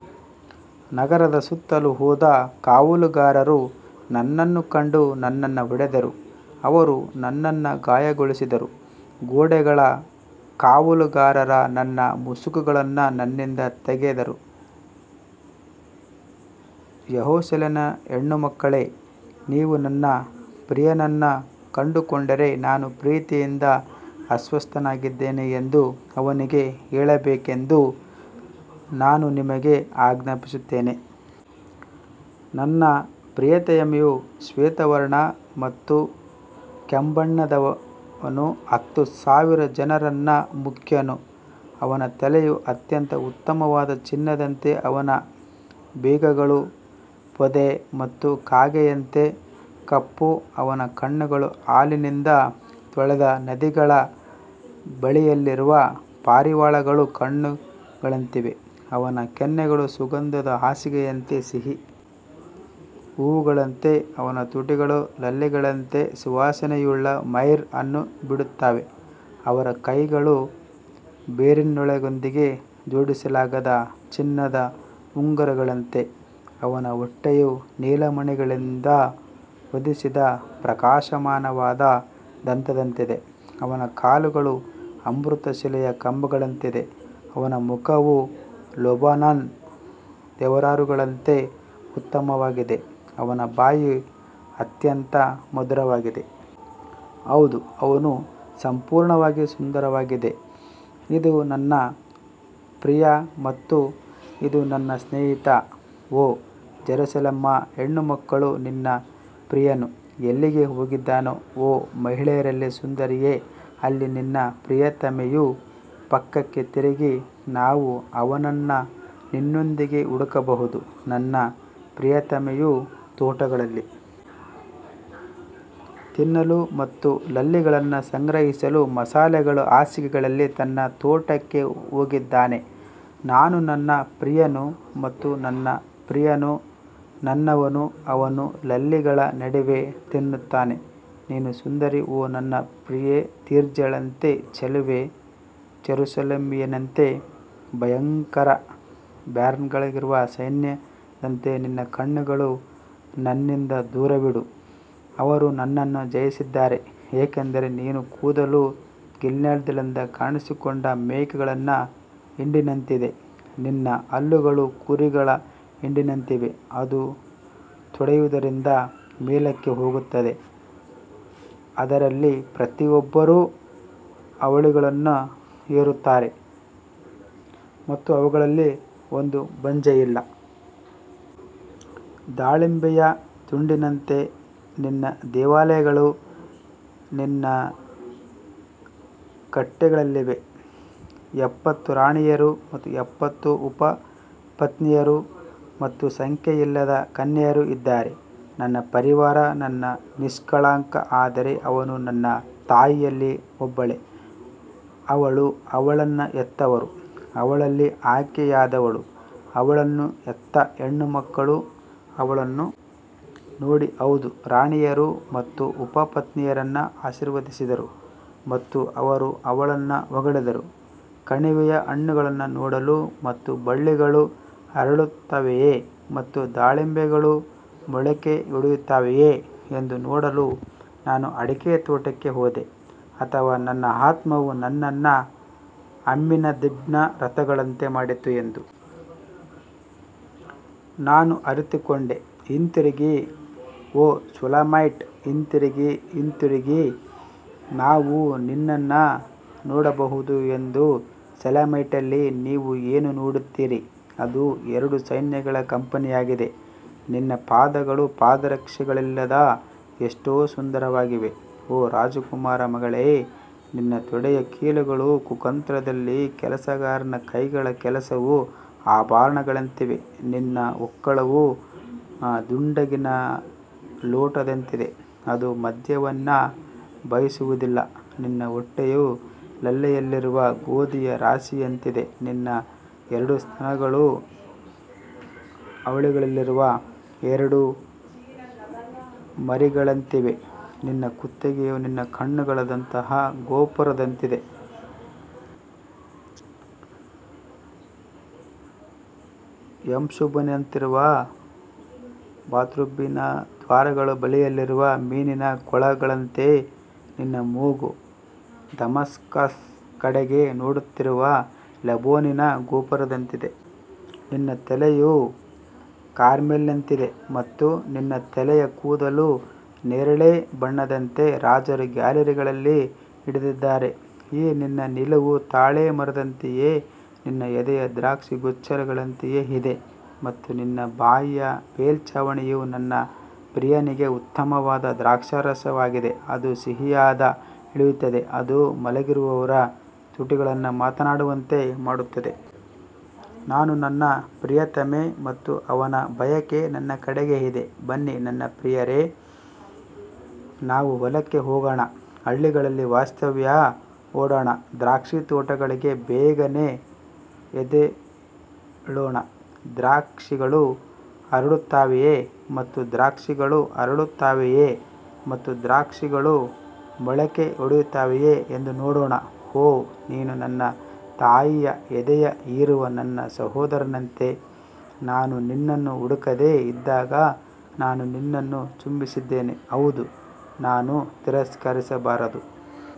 ನಗರದ ಸುತ್ತಲೂ ಹೋದ ಕಾವಲುಗಾರರು ನನ್ನನ್ನು ಕಂಡು ನನ್ನನ್ನು ಹೊಡೆದರು ಅವರು ನನ್ನನ್ನು ಗಾಯಗೊಳಿಸಿದರು ಗೋಡೆಗಳ ಕಾವಲುಗಾರರು ನನ್ನ ಮುಸುಕನ್ನು ನನ್ನಿಂದ ತೆಗೆದರು ಯೆರೂಸಲೇಮಿನ ಹೆಣ್ಣು ಮಕ್ಕಳೇ, ನೀವು ನನ್ನ ಪ್ರಿಯನನ್ನು ಕಂಡುಕೊಂಡರೆ ನಾನು ಪ್ರೀತಿಯಿಂದ ಅಸ್ವಸ್ಥನಾಗಿದ್ದೇನೆ ಎಂದು ಅವನಿಗೆ ಹೇಳಬೇಕೆಂದು ನಾನು ನಿಮಗೆ ಆಜ್ಞಾಪಿಸುತ್ತೇನೆ. ನನ್ನ ಪ್ರಿಯತಮೆಯು ಶ್ವೇತವರ್ಣ ಮತ್ತು ಕೆಂಬಣ್ಣದವನು ಹತ್ತು ಸಾವಿರ ಜನರಲ್ಲಿ ಮುಖ್ಯನು ಅವನ ತಲೆಯು ಅತ್ಯಂತ ಉತ್ತಮವಾದ ಚಿನ್ನದಂತೆ ಅವನ ಬೀಗಗಳು ಪೊದೆ ಮತ್ತು ಕಾಗೆಯಂತೆ ಕಪ್ಪು ಅವನ ಕಣ್ಣುಗಳು ಹಾಲಿನಿಂದ ತೊಳೆದ ನದಿಗಳ ಬಳಿಯಿರುವ ಪಾರಿವಾಳಗಳ ಕಣ್ಣುಗಳಂತಿವೆ ಅವನ ಕೆನ್ನೆಗಳು ಸುಗಂಧದ ಹಾಸಿಗೆಯಂತೆ ಸಿಹಿ ಹೂವುಗಳಂತೆ ಅವನ ತುಟಿಗಳು ಲಿಲ್ಲಿಗಳಂತೆ ಸುವಾಸನೆಯುಳ್ಳ ಮೈರ್ ಅನ್ನು ಬಿಡುತ್ತವೆ ಅವನ ಕೈಗಳು ಬೆರಿಲ್ನೊಂದಿಗೆ ಜೋಡಿಸಲಾದ ಚಿನ್ನದ ಉಂಗುರಗಳಂತೆ ಅವನ ಹೊಟ್ಟೆಯು ನೀಲಮಣಿಗಳಿಂದ ಹೊದಿಸಿದ ಪ್ರಕಾಶಮಾನವಾದ ದಂತದಂತಿದೆ ಅವನ ಕಾಲುಗಳು ಅಮೃತಶಿಲೆಯ ಕಂಬಗಳಂತಿವೆ, ಅವನ ಮುಖವು ಲೆಬನೋನ್ ದೇವದಾರುಗಳಂತೆ ಉತ್ತಮವಾಗಿದೆ ಅವನ ಬಾಯಿ ಅತ್ಯಂತ ಮಧುರವಾಗಿದೆ ಹೌದು ಅವನು ಸಂಪೂರ್ಣವಾಗಿ ಸುಂದರವಾಗಿದೆ ಇದು ನನ್ನ ಪ್ರಿಯ ಮತ್ತು ಇದು ನನ್ನ ಸ್ನೇಹಿತ ಓ ಜೆರುಸಲೆಮ್ನ ಹೆಣ್ಣುಮಕ್ಕಳು ನಿನ್ನ ಪ್ರಿಯನು ಎಲ್ಲಿಗೆ ಹೋಗಿದ್ದಾನೆ ಓ ಮಹಿಳೆಯರಲ್ಲಿ ಸುಂದರಿಯೇ, ಅಲ್ಲಿ ನಿನ್ನ ಪ್ರಿಯತಮೆಯು ಪಕ್ಕಕ್ಕೆ ತಿರುಗಿ ನಾವು ಅವನನ್ನು ನಿನ್ನೊಂದಿಗೆ ಹುಡುಕಬಹುದು ನನ್ನ ಪ್ರಿಯತಮೆಯು ತೋಟಗಳಲ್ಲಿ ತಿನ್ನಲು ಮತ್ತು ಲಿಲ್ಲಿಗಳನ್ನು ಸಂಗ್ರಹಿಸಲು ಮಸಾಲೆಗಳ ಹಾಸಿಗೆಗಳಿಗೆ ತನ್ನ ತೋಟಕ್ಕೆ ಹೋಗಿದ್ದಾನೆ ನಾನು ನನ್ನ ಪ್ರಿಯನು ಮತ್ತು ನನ್ನ ಪ್ರಿಯನು ನನ್ನವನು ಅವನು ಲಿಲ್ಲಿಗಳ ನಡುವೆ ತಿನ್ನುತ್ತಾನೆ ನೀನು ಸುಂದರಿ ಓ ನನ್ನ ಪ್ರಿಯೆ ತಿರ್ಜಾಳಂತೆ ಚೆಲುವೆ ಜೆರುಸಲೇಮಿನಂತೆ ಭಯಂಕರ ಬ್ಯಾನರ್ಗಳಿರುವ ಸೈನ್ಯದಂತೆ ನಿನ್ನ ಕಣ್ಣುಗಳನ್ನು ನನ್ನಿಂದ ದೂರವಿಡು ಅವರು ನನ್ನನ್ನು ಜಯಿಸಿದ್ದಾರೆ ಏಕೆಂದರೆ ನಿನ್ನ ಕೂದಲು ಗಿಲ್ಯಾದ್ನಿಂದ ಕಾಣಿಸಿಕೊಂಡ ಮೇಕೆಗಳ ಹಿಂಡಿನಂತಿದೆ ನಿನ್ನ ಹಲ್ಲುಗಳು ಕುರಿಗಳ ಹಿಂಡಿನಂತಿವೆ, ಅದು ತೊಳೆಯುವುದರಿಂದ ಮೇಲಕ್ಕೆ ಹೋಗುತ್ತದೆ, ಅದರಲ್ಲಿ ಪ್ರತಿಯೊಬ್ಬರೂ ಅವಳಿಗಳನ್ನು ಹೆರುತ್ತಾರೆ ಮತ್ತು ಅವುಗಳಲ್ಲಿ ಒಂದು ಬಂಜೆಯಿಲ್ಲ. ದಾಳಿಂಬೆಯ ತುಂಡಿನಂತೆ ನಿನ್ನ ದೇವಾಲಯಗಳು ನಿನ್ನ ಕಟ್ಟೆಗಳಲ್ಲಿವೆ ಎಪ್ಪತ್ತು ರಾಣಿಯರು ಮತ್ತು ಎಪ್ಪತ್ತು ಉಪಪತ್ನಿಯರು ಮತ್ತು ಸಂಖ್ಯೆಯಿಲ್ಲದ ಕನ್ಯೆಯರು ಇದ್ದಾರೆ ನನ್ನ ಪಾರಿವಾಳ ನನ್ನ ನಿಷ್ಕಳಂಕ ಆದರೆ ಅವಳು ತನ್ನ ತಾಯಿಯಲ್ಲಿ ಒಬ್ಬಳೇ ಅವಳು ಅವಳನ್ನು ಹೆತ್ತವಳು ಅವಳಲ್ಲಿ ಆಯ್ಕೆಯಾದವಳು ಅವಳನ್ನು ಹೆತ್ತ ಹೆಣ್ಣುಮಕ್ಕಳು ಅವಳನ್ನು ನೋಡಿ ಹೌದು ರಾಣಿಯರು ಮತ್ತು ಉಪಪತ್ನಿಯರನ್ನು ಆಶೀರ್ವದಿಸಿದರು ಮತ್ತು ಅವರು ಅವಳನ್ನು ಹೊಗಳಿದರು ಕಣಿವೆಯ ಹಣ್ಣುಗಳನ್ನು ನೋಡಲು ಮತ್ತು ಬಳ್ಳಿಗಳು ಅರಳುತ್ತವೆಯೇ ಮತ್ತು ದಾಳಿಂಬೆಗಳು ಮೊಳಕೆಯೊಡೆಯುತ್ತವೆಯೇ ಎಂದು ನೋಡಲು ನಾನು ಅಡಿಕೆ ತೋಟಕ್ಕೆ ಹೋದೆ ಅಥವಾ ನನ್ನ ಆತ್ಮವು ನನ್ನನ್ನು ಅಮ್ಮಿನದಿಬ್ನ ರಥಗಳಂತೆ ಮಾಡಿತು ಎಂದು ನಾನು ಅರಿತುಕೊಂಡೆ ಹಿಂತಿರುಗಿ ಓ ಶೂಲಮೈಟ್ ಹಿಂತಿರುಗಿ ಹಿಂತಿರುಗಿ ನಾವು ನಿನ್ನನ್ನು ನೋಡಬಹುದು ಎಂದು ಶೂಲಮೈಟ್ನಲ್ಲಿ ನೀವು ಏನು ನೋಡುತ್ತೀರಿ ಅದು ಎರಡು ಸೈನ್ಯಗಳ ಕಂಪನಿಯಾಗಿದೆ ನಿನ್ನ ಪಾದಗಳು ಪಾದರಕ್ಷೆಗಳಿಂದ ಎಷ್ಟು ಸುಂದರವಾಗಿವೆ ಓ ರಾಜಕುಮಾರ ಮಗಳೇ, ನಿನ್ನ ತೊಡೆಯ ಕೀಲುಗಳು ಕುತಂತ್ರದ ಕೆಲಸಗಾರನ ಕೈಗಳ ಕೆಲಸವು ಆಭರಣಗಳಂತಿವೆ ನಿನ್ನ ಹೊಕ್ಕುಳವು ದುಂಡಗಿನ ಲೋಟದಂತಿದೆ, ಅದು ಮದ್ಯವನ್ನು ಬಯಸುವುದಿಲ್ಲ, ನಿನ್ನ ಹೊಟ್ಟೆಯು ಲಿಲ್ಲಿಗಳಿರುವ ಗೋಧಿಯ ರಾಶಿಯಂತಿದೆ ನಿನ್ನ ಎರಡು ಸ್ತನಗಳು ಅವಳಿಗಳಾಗಿರುವ ಎರಡು ಮರಿಗಳಂತಿವೆ ನಿನ್ನ ಕುತ್ತಿಗೆಯು ನಿನ್ನ ಕಣ್ಣುಗಳ ದಂತದ ಗೋಪುರದಂತಿದೆ, ಹೆಷ್ಬೋನಿನಲ್ಲಿ ಬಾತ್ರಬ್ಬೀಮಿನ ದ್ವಾರದ ಬಳಿಯಲ್ಲಿರುವ ಮೀನಿನ ಕೊಳಗಳಂತೆ ನಿನ್ನ ಮೂಗು ದಮಾಸ್ಕಸ್ ಕಡೆಗೆ ನೋಡುತ್ತಿರುವ ಲೆಬನೋನಿನ ಗೋಪುರದಂತಿದೆ. ನಿನ್ನ ತಲೆಯು ಕಾರ್ಮೆಲ್ನಂತಿದೆ ಮತ್ತು ನಿನ್ನ ತಲೆಯ ಕೂದಲು ನೇರಳೆ ಬಣ್ಣದಂತೆ ರಾಜನು ಗ್ಯಾಲರಿಗಳಲ್ಲಿ ಹಿಡಿದಿದ್ದಾನೆ ಈ ನಿನ್ನ ನಿಲುವು ತಾಳೆ ಮರದಂತೆಯೂ ನಿನ್ನ ಎದೆಯು ದ್ರಾಕ್ಷಿ ಗೊಂಚಲುಗಳಂತೆಯೂ ಇದೆ. ಮತ್ತು ನಿನ್ನ ಬಾಯಿಯ ಮೇಲ್ಛಾವಣಿಯು ನನ್ನ ಪ್ರಿಯನಿಗೆ ಉತ್ತಮವಾದ ದ್ರಾಕ್ಷಾರಸವಾಗಿದೆ, ಅದು ಸಿಹಿಯಾಗಿ ಇಳಿಯುತ್ತದೆ, ಅದು ಮಲಗಿರುವವರ ತುಟಿಗಳನ್ನು ಮಾತನಾಡುವಂತೆ ಮಾಡುತ್ತದೆ. ನಾನು ನನ್ನ ಪ್ರಿಯತಮೆ ಮತ್ತು ಅವನ ಬಯಕೆ ನನ್ನ ಕಡೆಗೆ ಇದೆ ಬನ್ನಿ ನನ್ನ ಪ್ರಿಯರೇ, ನಾವು ಹೊಲಕ್ಕೆ ಹೋಗೋಣ, ಹಳ್ಳಿಗಳಲ್ಲಿ ವಾಸ್ತವ್ಯ ಹೂಡೋಣ ದ್ರಾಕ್ಷಿತೋಟಗಳಿಗೆ ಬೇಗನೆ ಎದ್ದೇಳೋಣ, ದ್ರಾಕ್ಷಿಗಳು ಅರಳುತ್ತವೆಯೇ ಮತ್ತು ದ್ರಾಕ್ಷಿಗಳು ಅರಳುತ್ತವೆಯೇ ಮತ್ತು ದಾಳಿಂಬೆಗಳು ಮೊಳಕೆಯೊಡೆಯುತ್ತವೆಯೇ ಎಂದು ನೋಡೋಣ. ಓಹ್ ನೀನು ನನ್ನ ತಾಯಿಯ ಎದೆಯನ್ನು ಹೀರುವ ನನ್ನ ಸಹೋದರನಂತೆ ನಾನು ನಿನ್ನನ್ನು ಹುಡುಕದೆ ಇದ್ದಾಗ ನಾನು ನಿನ್ನನ್ನು ಚುಂಬಿಸುತ್ತೇನೆ ಹೌದು ನಾನು ತಿರಸ್ಕರಿಸಬಾರದು.